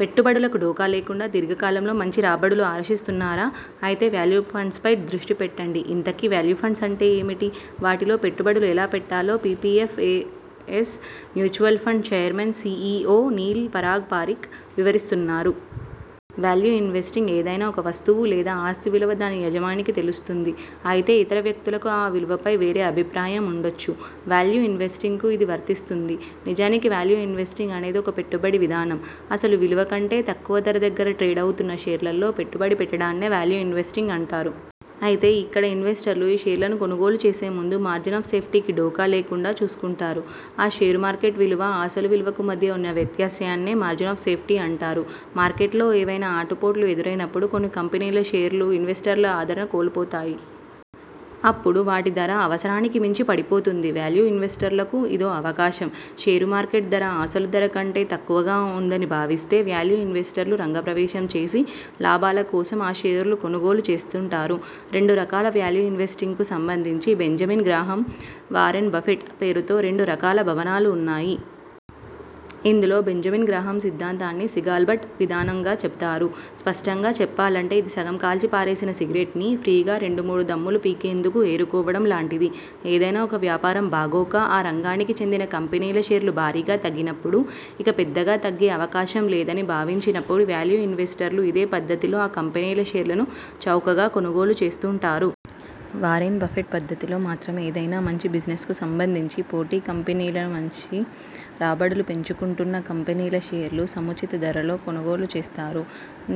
పెట్టుబడులకు ఢోకా లేకుండా దీర్ఘకాలంలో మంచి రాబడులు ఆశిస్తున్నారా? అయితే వాల్యూ ఫండ్స్ పై దృష్టి పెట్టండి. ఇంతకీ వాల్యూ ఫండ్ అంటే ఏమిటి? వాటిలో పెట్టుబడులు ఎలా పెట్టాలో P P F A S mutual fund chairman, C E O Neil Parag Parikh వివరిస్తున్నారు. వాల్యూ ఇన్వెస్టింగ్ఏదైనా ఒక వస్తువు లేదా ఆస్తి విలువ దాని యజమానికి తెలుస్తుంది. అయితే ఇతర వ్యక్తులకు ఆ విలువపై వేరే అభిప్రాయం ఉండొచ్చు. వాల్యూ ఇన్వెస్టింగ్ కు ఇది వర్తిస్తుంది. నిజానికి వాల్యూ ఇన్వెస్టింగ్ అనేది ఒక పెట్టుబడి విధానం. అసలు విలువ కంటే తక్కువ ధర దగ్గర ట్రేడవుతున్న షేర్లలో పెట్టుబడి పెట్టడాన్నే వాల్యూ ఇన్వెస్టింగ్ అంటారు. అయితే ఇక్కడ ఇన్వెస్టర్లు ఈ షేర్లను కొనుగోలు చేసే ముందు 'మార్జిన్ ఆఫ్ సేఫ్టీ'కి ఢోకా లేకుండా చూసుకుంటారు. ఆ షేరు మార్కెట్ విలువ, అసలు విలువకు మధ్య ఉన్న వ్యత్యాసాన్నే 'మార్జిన్ ఆఫ్ సేఫ్టీ' అంటారు. మార్కెట్లో ఏవైనా ఆటుపోట్లు ఎదురైనపుడు కొన్ని కంపెనీల షేర్లు ఇన్వెస్టర్ల ఆదరణ కోల్పోతాయి. అపుడు వాటి ధర అవసరానికి మించి పడిపోతుంది. వాల్యూ ఇన్వెస్టర్లకు ఇదో అవకాశం. షేరు మార్కెట్ ధర, అసలు ధర కంటే తక్కువగా ఉందని భావిస్తే వాల్యూ ఇన్వెస్టర్లు రంగ ప్రవేశం చేసి లాభాల కోసం ఆ షేర్లు కొనుగోలు చేస్తుంటారు. రెండు రకాల వాల్యూ ఇన్వెస్టింగ్కు సంబంధించి బెంజమిన్ గ్రాహం, వారెన్ బఫెట్ పేరుతో రెండు రకాల భావనలు ఉన్నాయి. ఇందులో బెంజమిన్ గ్రాహమ్ సిద్ధాంతాన్ని 'సిగాల్ బట్' విధానంగా చెబుతారు. స్పష్టంగా చెప్పాలంటే ఇది సగం కాల్చి పారేసిన సిగరెట్ను, ఫ్రీగా రెండు మూడు దమ్ములు పీకేందుకు ఏరుకోవడం లాంటిది. ఏదైనా ఒక వ్యాపారం బాగోక ఆ రంగానికి చెందిన కంపెనీల షేర్లు భారీగా తగ్గినపుడు, ఇక పెద్దగా తగ్గే అవకాశం లేదని భావించినపుడు వాల్యూ ఇన్వెస్టర్లు ఇదే పద్దతిలో ఆ కంపెనీల షేర్లను చౌకగా కొనుగోలు చేస్తుంటారు. వారెన్ బఫెట్ పద్దతిలో మాత్రంఏదైనా మంచి బిజినెస్కు సంబంధించి పోటీ కంపెనీలను మించి రాబడులు పెంచుకుంటున్న కంపెనీల షేర్లు సముచిత ధరలో కొనుగోలు చేస్తారు.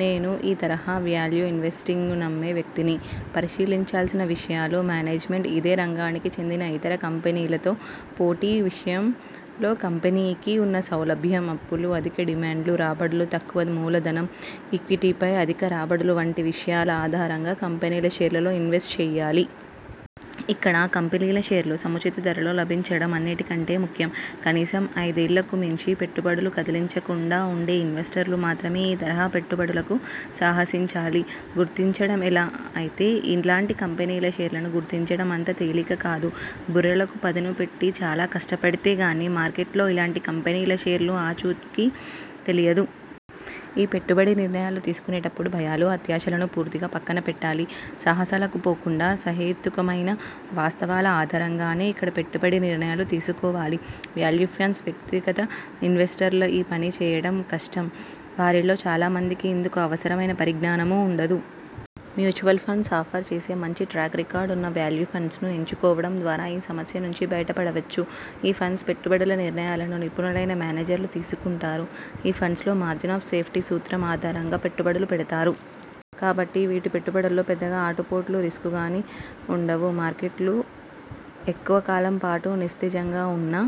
నేను ఈ తరహా వాల్యూ ఇన్వెస్టింగ్ను నమ్మే వ్యక్తిని. పరిశీలించాల్సిన విషయాలు మేనేజ్మెంట్, ఇదే రంగానికి చెందిన ఇతర కంపెనీలతో పోటీ విషంలో కంపెనీకి ఉన్న సౌలభ్యం, అప్పులు, అధిక డివిడెండ్ల రాబడులు, తక్కువ మూలధనం, ఈక్విటీపై అధిక రాబడులు వంటి విషయాల ఆధారంగా కంపెనీల షేర్లలో ఇన్వెస్ట్ చేయాలి. ఇక్కడ ఆ కంపెనీల షేర్లు సముచిత ధరలో లభించడం అన్నిటి కంటే ముఖ్యం. కనీసం ఐదేళ్లకు మించి పెట్టుబడులు కదిలించకుండా ఉండే ఇన్వెస్టర్లు మాత్రమే ఈ తరహా పెట్టుబడులకు సాహసించాలి. గుర్తించడం ఎలా? అయితే ఇలాంటి కంపెనీల షేర్లను గుర్తించడం అంత తేలిక కాదు. బుర్రలకు పదును పెట్టి చాలా కష్టపడితే గానీ మార్కెట్లో ఇలాంటి కంపెనీల షేర్ల ఆచూకీ తెలియదు. ఈ పెట్టుబడి నిర్ణయాలు తీసుకునేటపుడు భయాలు, అత్యాశలను పూర్తిగా పక్కన పెట్టాలి. సాహసాలకు పోకుండా సహేతుకమైన వాస్తవాల ఆధారంగానే ఇక్కడ పెట్టుబడి నిర్ణయాలు తీసుకోవాలి. వాల్యూ ఫండ్స్ వ్యక్తిగత ఇన్వెస్టర్లు ఈ పని చేయడం కష్టం. వారిలో చాలా మందికి ఇందుకు అవసరమైన పరిజ్ఞానమూ ఉండదు. మ్యూచువల్ ఫండ్స్ ఆఫర్ చేసే మంచి ట్రాక్ రికార్డు ఉన్న వాల్యూ ఫండ్స్ ను ఎంచుకోవడం ద్వారా ఈ సమస్య నుంచి బయట పడొచ్చు. ఈ ఫండ్స్ పెట్టుబడుల నిర్ణయాలను నిపుణులైన మేనేజర్లు తీసుకుంటారు. ఈ ఫండ్స్ లో 'మార్జిన్ ఆఫ్ సేఫ్టీ' సూత్రం ఆధారంగా పెట్టుబడులు పెడతారు. కాబట్టి వీటి పెట్టుబడుల్లో పెద్దగా ఆటు పోట్లు గానీ రిస్కు గానీ ఉండవు. మార్కెట్లు ఎక్కువ కాలం పాటు నిస్తేజంగా ఉన్నా